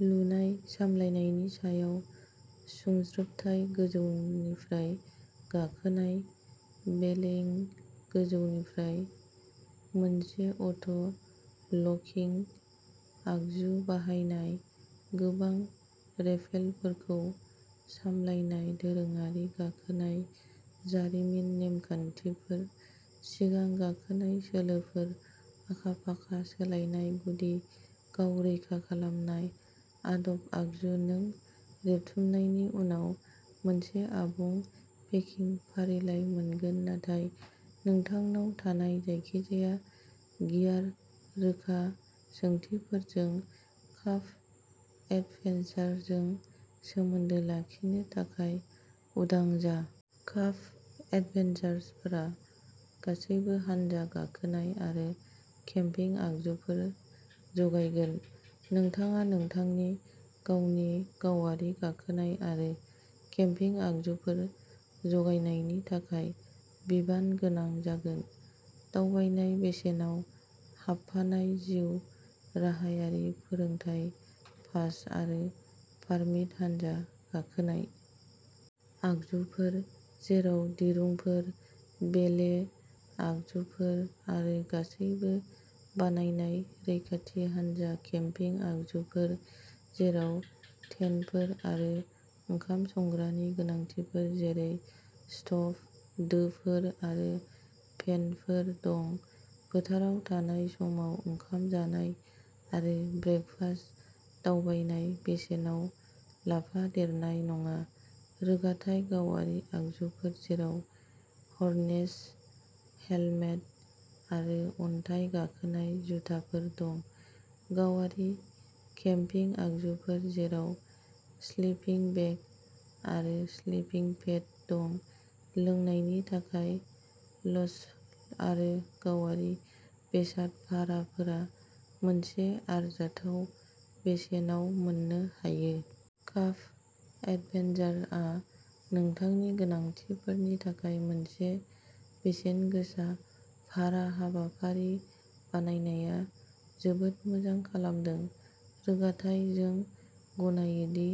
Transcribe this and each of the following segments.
लुनाय सामलायनायनि सायाव सुंज्रोबथाय गोजौनिफ्राय गाखोनाय बेलेइं गोजौनिफ्राय मोनसे अट' लकिं आगजु बाहायनाय गोबां रेपेलफोरखौ सामलायनाय दोरोङारि गाखोनाय जारिमिन नेम खान्थिफोर सिगां गाखोनाय सोलोफोर आखा-फाखा सोलायनाय गुदि गाव-रैखा खालामनाय आदब आगजु नों रेबथुमनायनि उनाव मोनसे आबुं पेकिं फारिलाइ मोनगोन, नाथाय नोंथांनाव थानाय जायखिजाया गियार रोखा सोंथिफोरजों काफ एडभेन्चारजों सोमोन्दो लाखिनो थाखाय उदां जा। काफ एडभेन्चारफोरा गासैबो हानजा गाखोनाय आरो केम्पिं आगजुफोर जगायगोन। नोंथाङा नोंथांनि गावनि गावारि गाखोनाय आरो केम्पिं आगजुफोर जगायनायनि थाखाय बिबान गोनां जागोन। दावबायनाय बेसेनाव हाबफानाय जिउ राहायारि फोरोंथाय पास आरो पारमिट हानजा गाखोनाय आगजुफोर जेराव दिरुंफोर, बेले आगजुफोर, आरो गासैबो बानायनाय रैखाथि हानजा केम्पिं आगजुफोर जेराव टेन्टफोर आरो ओंखाम संग्रानि गोनांथिफोर जेरै स्ट'भ, दोफोर आरो पेनफोर दं, फोथाराव थानाय समाव ओंखाम जानाय आरो ब्रेकफास्ट दावबायनाय बेसेनाव लाफादेरनाय नङा रोगाथाय गावारि आगजुफोर जेराव हार्नेस, हेलमेट, आरो अन्थाइ गाखोनाय जुथाफोर दं, गावारि केम्पिं आगजुफोर जेराव स्लिपिं बेग आरो स्लिपिं पेड दं, लोंनायनि थाखाय लञ्च आरो गावारि बेसाद भाराफोरा मोनसे आरजाथाव बेसेनाव मोननो हायो। काफ एडभेन्चारआ नोंथांनि गोनांथिफोरनि थाखाय मोनसे बेसेनगोसा भारा हाबाफारि बानायनाया जोबोद मोजां खालामदों। रोगाथाइ जों गनायो दि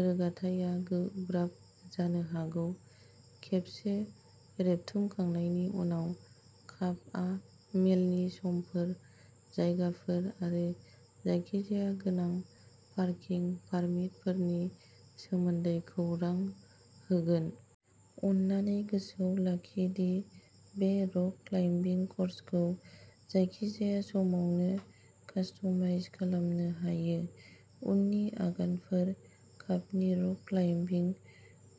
रोगाथाइआ गोब्राब जानो हागौ। खेबसे रेबथुमखांनायनि उनाव, काफआ मेलनि समफोर, जायगाफोर आरो जायखिजाया गोनां पार्किं पारमिटफोरनि सोमोन्दै खौरां होगोन। अन्नानै गोसोआव लाखि दि बे रक क्लाइम्बिं क'र्सखौ जायखिजाया समावनो कास्टमाइज खालामनो हायो। उननि आगानफोर काफनि रक क्लाइम्बिं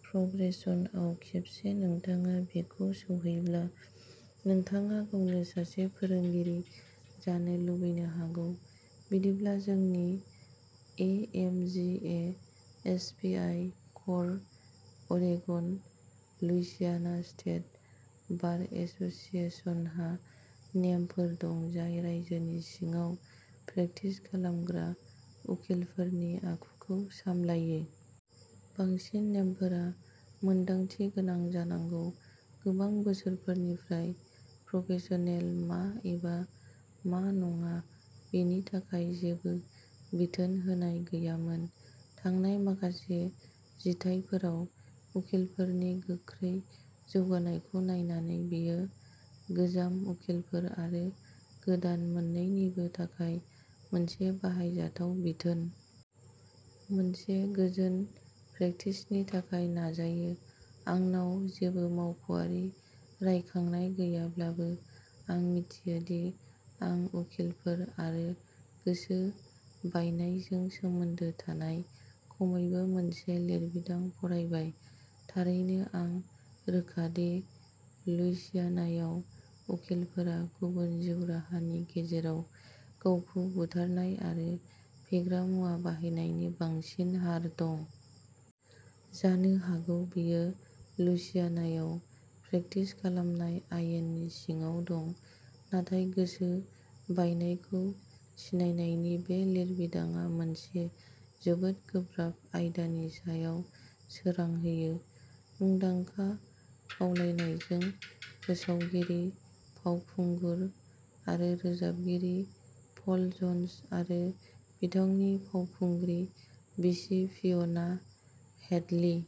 प्रग्रेसनआव खेबसे नोंथाङा बेखौ सौहैब्ला, नोंथाङा गावनो सासे फोरोंगिरि जानो लुबैनो हागौ। बिदिब्ला, जोंनि AMGA SPI course Oregon Louisiana state bar एस'सिएशनहा नेमफोर दं जाय रायजोनि सिङाव प्रेक्टिस खालामग्रा उखिलफोरनि आखुखौ सामलायो। बांसिन नेमफोरा मोनदांथि गोनां जानांगौ। गोबां बोसोरफोरनिफ्राय प्रफेसनेल मा एबा मा नङा बेनि थाखाय जेबो बिथोन होनाय गैयामोन। थांनाय माखासे जिथाइफोराव उखिलफोरनि गोख्रै जौगानायखौ नायनानै, बेयो गोजाम उखिलफोर आरो गोदान मोन्नैनिबो थाखाय मोनसे बाहायजाथाव बिथोन। मोनसे गोजोन प्रेक्टिसनि थाखाय नाजायो। आंनाव जेबो मावख'आरि रायखांनाय गैयाब्लाबो, आं मिथियो दि आं उखिलफोर आरो गोसो बायनायजों सोमोन्दो थानाय खमैबो मोनसे लिरबिदां फरायबाय। थारैनो, आं रोखा दि लुइसियानायाव उखिलफोरा गुबुन जिउ राहानि गेजेराव गावखौ बुथारनाय आरो फेग्रा मुवा बाहायनायनि बांसिन हार दं। जानो हागौ बेयो लुइसियानायाव प्रेक्टिस खालामनाय आयेननि सिङाव दं, नाथाय गोसो बायनायखौ सिनायनायनि बे लिरबिदांआ मोनसे जोबोद गोब्राब आयदानि सायाव सोरां होयो। मुंदांखा खावलायनायजों, फोसावगिरि, फावखुंगुर आरो रोजाबगिरि पल जन्स, आरो बिथांनि फावखुंग्रि बिसि फिय'ना हेडलि --